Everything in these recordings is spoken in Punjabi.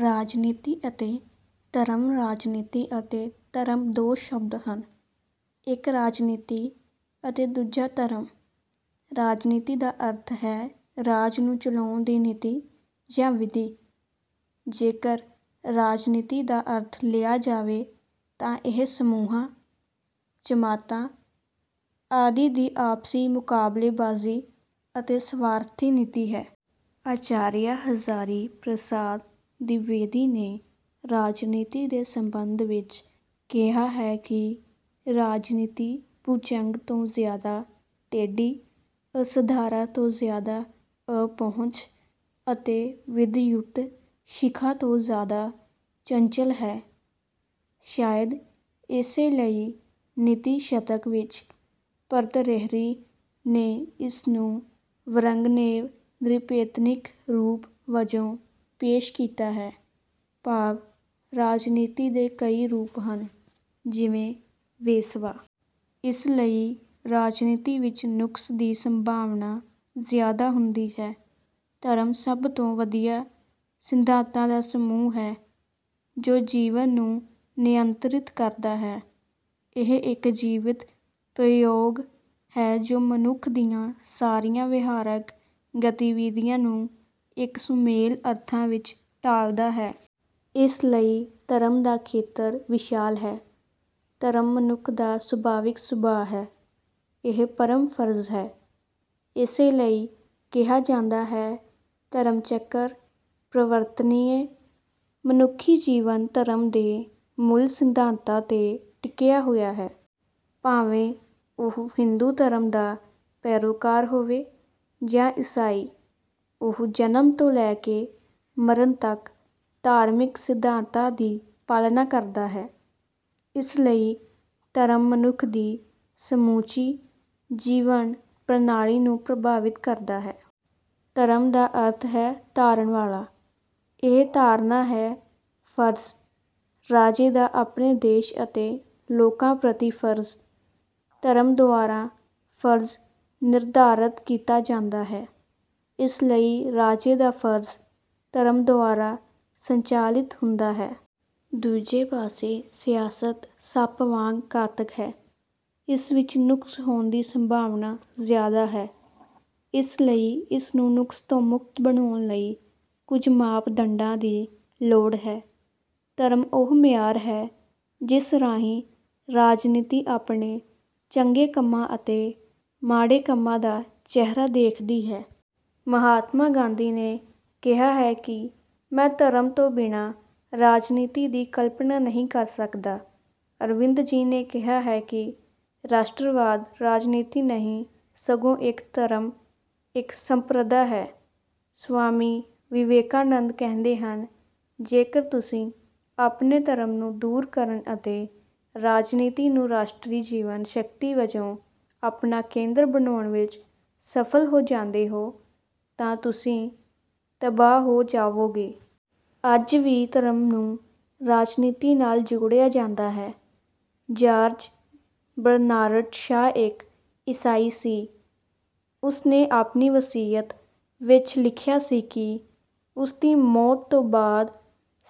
ਰਾਜਨੀਤੀ ਅਤੇ ਧਰਮ ਰਾਜਨੀਤੀ ਅਤੇ ਧਰਮ ਦੋ ਸ਼ਬਦ ਹਨ। ਇੱਕ ਰਾਜਨੀਤੀ ਅਤੇ ਦੂਜਾ ਧਰਮ। ਰਾਜਨੀਤੀ ਦਾ ਅਰਥ ਹੈ ਰਾਜ ਨੂੰ ਚਲਾਉਣ ਦੀ ਨੀਤੀ ਜਾਂ ਵਿਧੀ। ਜੇਕਰ ਰਾਜਨੀਤੀ ਦਾ ਅਰਥ ਲਿਆ ਜਾਵੇ ਤਾਂ ਇਹ ਸਮੂਹਾਂ, ਜਮਾਤਾਂ ਆਦਿ ਦੀ ਆਪਸੀ ਮੁਕਾਬਲੇਬਾਜ਼ੀ ਅਤੇ ਸਵਾਰਥੀ ਨੀਤੀ ਹੈ। ਆਚਾਰੀਆ ਹਜ਼ਾਰੀ ਪ੍ਰਸਾਦ ਦਿਵੇਦੀ ਨੇ ਰਾਜਨੀਤੀ ਦੇ ਸਬੰਧ ਵਿਚ ਕਿਹਾ ਹੈ ਕਿ ਰਾਜਨੀਤੀ ਭੁਜੰਗ ਤੋਂ ਜ਼ਿਆਦਾ ਟੇਢੀ, ਅਸਧਾਰਾ ਤੋਂ ਜ਼ਿਆਦਾ ਅਪਹੁੰਚ ਅਤੇ ਵਿਦਯੁਤ ਸ਼ਿਖਾ ਤੋਂ ਜ਼ਿਆਦਾ ਚੰਚਲ ਹੈ। ਸ਼ਾਇਦ ਇਸੇ ਲਈ ਨੀਤੀ ਸ਼ਤਕ ਵਿਚ ਭਰਤਰਿਹਰੀ ਨੇ ਇਸ ਨੂੰ 'ਵਰੰਗਨੇਵ ਨ੍ਰਿਪਤੇਨਿਕ ਰੂਪ' ਵਜੋਂ ਪੇਸ਼ ਕੀਤਾ ਹੈ, ਭਾਵ ਰਾਜਨੀਤੀ ਦੇ ਕਈ ਰੂਪ ਹਨ ਜਿਵੇਂ ਵੇਸਵਾ। ਇਸ ਲਈ ਰਾਜਨੀਤੀ ਵਿੱਚ ਨੁਕਸ ਦੀ ਸੰਭਾਵਨਾ ਜ਼ਿਆਦਾ ਹੁੰਦੀ ਹੈ। ਧਰਮ ਸਭ ਤੋਂ ਵਧੀਆ ਸਿਧਾਂਤਾਂ ਦਾ ਸਮੂਹ ਹੈ ਜੋ ਜੀਵਨ ਨੂੰ ਨਿਯੰਤਰਿਤ ਕਰਦਾ ਹੈ। ਇਹ ਇੱਕ ਜੀਵਤ ਪ੍ਰਯੋਗ ਹੈ ਜੋ ਮਨੁੱਖ ਦੀਆਂ ਸਾਰੀਆਂ ਵਿਹਾਰਕ ਗਤੀਵਿਧੀਆਂ ਨੂੰ ਇੱਕ ਸੁਮੇਲ ਅਰਥਾਂ ਵਿੱਚ ਢਾਲਦਾ ਹੈ। ਇਸ ਲਈ ਧਰਮ ਦਾ ਖੇਤਰ ਵਿਸ਼ਾਲ ਹੈ। ਧਰਮ ਮਨੁੱਖ ਦਾ ਸੁਭਾਵਿਕ ਸੁਭਾਅ ਹੈ। ਇਹ ਪਰਮ ਫਰਜ਼ ਹੈ। ਇਸੇ ਲਈ ਕਿਹਾ ਜਾਂਦਾ ਹੈ, 'ਧਰਮਚਕ੍ਰ ਪ੍ਰਵਰ੍ਤਨਯ'। ਮਨੁੱਖੀ ਜੀਵਨ ਧਰਮ ਦੇ ਮੂਲ ਸਿਧਾਂਤਾਂ 'ਤੇ ਟਿਕਿਆ ਹੋਇਆ ਹੈ। ਭਾਵੇਂ ਉਹ ਹਿੰਦੂ ਧਰਮ ਦਾ ਪੈਰੋਕਾਰ ਹੋਵੇ ਜਾਂ ਈਸਾਈ। ਉਹ ਜਨਮ ਤੋਂ ਲੈ ਕੇ ਮਰਨ ਤੱਕ ਧਾਰਮਿਕ ਸਿਧਾਂਤਾਂ ਦੀ ਪਾਲਣਾ ਕਰਦਾ ਹੈ। ਇਸ ਲਈ ਧਰਮ ਮਨੁੱਖ ਦੀ ਸਮੁੱਚੀ ਜੀਵਨ ਪ੍ਰਣਾਲੀ ਨੂੰ ਪ੍ਰਭਾਵਿਤ ਕਰਦਾ ਹੈ। ਧਰਮ ਦਾ ਅਰਥ ਹੈ ਧਾਰਨ ਵਾਲਾ। ਇਹ ਧਾਰਨਾ ਹੈ; ਫਰਜ਼, ਰਾਜੇ ਦਾ ਆਪਣੇ ਦੇਸ਼ ਅਤੇ ਲੋਕਾਂ ਪ੍ਰਤੀ ਫਰਜ਼। ਧਰਮ ਦੁਆਰਾ ਫਰਜ਼ ਨਿਰਧਾਰਤ ਕੀਤਾ ਜਾਂਦਾ ਹੈ। ਇਸ ਲਈ ਰਾਜੇ ਦਾ ਫਰਜ਼ ਧਰਮ ਦੁਆਰਾ ਸੰਚਾਲਿਤ ਹੁੰਦਾ ਹੈ। ਦੂਜੇ ਪਾਸੇ ਸਿਆਸਤ ਸੱਪ ਵਾਂਗ ਘਾਤਕ ਹੈ। ਇਸ ਵਿੱਚ ਨੁਕਸ ਹੋਣ ਦੀ ਸੰਭਾਵਨਾ ਜ਼ਿਆਦਾ ਹੈ, ਇਸ ਲਈ ਇਸ ਨੂੰ ਨੁਕਸ ਤੋਂ ਮੁਕਤ ਬਣਾਉਣ ਲਈ ਕੁਝ ਮਾਪਦੰਡਾਂ ਦੀ ਲੋੜ ਹੈ। ਧਰਮ ਉਹ ਮਿਆਰ ਹੈ ਜਿਸ ਰਾਹੀਂ ਰਾਜਨੀਤੀ ਆਪਣੇ ਚੰਗੇ ਕੰਮਾਂ ਅਤੇ ਮਾੜੇ ਕੰਮਾਂ ਦਾ ਚਿਹਰਾ ਦੇਖਦੀ ਹੈ। ਮਹਾਤਮਾ ਗਾਂਧੀ ਨੇ ਕਿਹਾ ਹੈ ਕਿ ਮੈਂ ਧਰਮ ਤੋਂ ਬਿਨਾਂ ਰਾਜਨੀਤੀ ਦੀ ਕਲਪਨਾ ਨਹੀਂ ਕਰ ਸਕਦਾ। ਅਰਵਿੰਦ ਜੀ ਨੇ ਕਿਹਾ ਹੈ ਕਿ ਰਾਸ਼ਟਰਵਾਦ ਰਾਜਨੀਤੀ ਨਹੀਂ ਸਗੋਂ ਇੱਕ ਧਰਮ, ਇੱਕ ਸੰਪਰਦਾ ਹੈ। ਸਵਾਮੀ ਵਿਵੇਕਾਨੰਦ ਕਹਿੰਦੇ ਹਨ, "ਜੇਕਰ ਤੁਸੀਂ ਆਪਣੇ ਧਰਮ ਨੂੰ ਦੂਰ ਕਰਨ ਅਤੇ ਰਾਜਨੀਤੀ ਨੂੰ ਰਾਸ਼ਟਰੀ ਜੀਵਨ ਸ਼ਕਤੀ ਵਜੋਂ ਆਪਣਾ ਕੇਂਦਰ ਬਣਾਉਣ ਵਿੱਚ ਸਫਲ ਹੋ ਜਾਂਦੇ ਹੋ, ਤਾਂ ਤੁਸੀਂ ਤਬਾਹ ਹੋ ਜਾਵੋਗੇ। " ਅੱਜ ਵੀ ਧਰਮ ਨੂੰ ਰਾਜਨੀਤੀ ਨਾਲ ਜੋੜਿਆ ਜਾਂਦਾ ਹੈ। ਜਾਰਜ ਬਰਨਾਰਡ ਸ਼ਾਅ ਇੱਕ ਈਸਾਈ ਸੀ, ਉਸਨੇ ਆਪਣੀ ਵਸੀਅਤ ਵਿੱਚ ਲਿਖਿਆ ਸੀ ਕਿ ਉਸਦੀ ਮੌਤ ਤੋਂ ਬਾਅਦ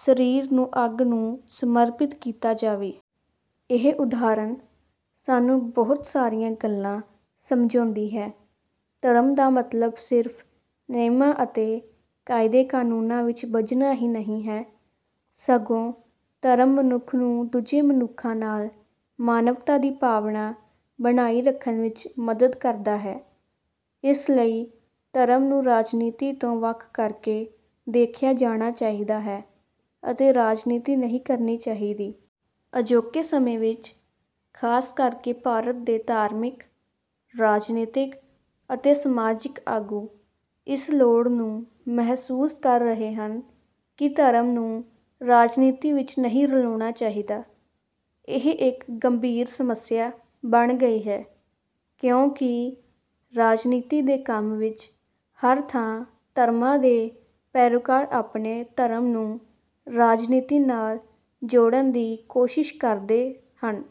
ਸਰੀਰ ਨੂੰ ਅੱਗ ਨੂੰ ਸਮਰਪਿਤ ਕੀਤਾ ਜਾਵੇ। ਇਹ ਉਦਾਹਰਣ ਸਾਨੂੰ ਬਹੁਤ ਸਾਰੀਆਂ ਗੱਲਾਂ ਸਮਝਾਉਂਦੀ ਹੈ। ਧਰਮ ਦਾ ਮਤਲਬ ਸਿਰਫ਼ ਨਿਯਮਾਂ ਅਤੇ ਕਾਇਦੇ-ਕਾਨੂੰਨਾਂ ਵਿੱਚ ਬੱਝਣਾ ਹੀ ਨਹੀਂ ਹੈ, ਸਗੋਂ ਧਰਮ ਮਨੁੱਖ ਨੂੰ ਦੂਜੇ ਮਨੁੱਖਾਂ ਨਾਲ ਮਾਨਵਤਾ ਦੀ ਭਾਵਨਾ ਬਣਾਈ ਰੱਖਣ ਵਿੱਚ ਮਦਦ ਕਰਦਾ ਹੈ, ਇਸ ਲਈ ਧਰਮ ਨੂੰ ਰਾਜਨੀਤੀ ਤੋਂ ਵੱਖ ਕਰਕੇ ਦੇਖਿਆ ਜਾਣਾ ਚਾਹੀਦਾ ਹੈ ਅਤੇ ਰਾਜਨੀਤੀ ਨਹੀਂ ਕਰਨੀ ਚਾਹੀਦੀ। ਅਜੋਕੇ ਸਮੇਂ ਵਿੱਚ, ਖਾਸ ਕਰਕੇ ਭਾਰਤ ਦੇ ਧਾਰਮਿਕ, ਰਾਜਨੀਤਿਕ ਅਤੇ ਸਮਾਜਿਕ ਆਗੂ ਇਸ ਲੋੜ ਨੂੰ ਮਹਿਸੂਸ ਕਰ ਰਹੇ ਹਨ ਕਿ ਧਰਮ ਨੂੰ ਰਾਜਨੀਤੀ ਵਿੱਚ ਨਹੀਂ ਰਲਾਉਣਾ ਚਾਹੀਦਾ। ਇਹ ਇੱਕ ਗੰਭੀਰ ਸਮੱਸਿਆ ਬਣ ਗਈ ਹੈ ਕਿਉਂਕਿ ਰਾਜਨੀਤੀ ਦੇ ਕੰਮ ਵਿੱਚ ਹਰ ਥਾਂ ਧਰਮਾਂ ਦੇ ਪੈਰੋਕਾਰ ਆਪਣੇ ਧਰਮ ਨੂੰ ਰਾਜਨੀਤੀ ਨਾਲ ਜੋੜਨ ਦੀ ਕੋਸ਼ਿਸ਼ ਕਰਦੇ ਹਨ।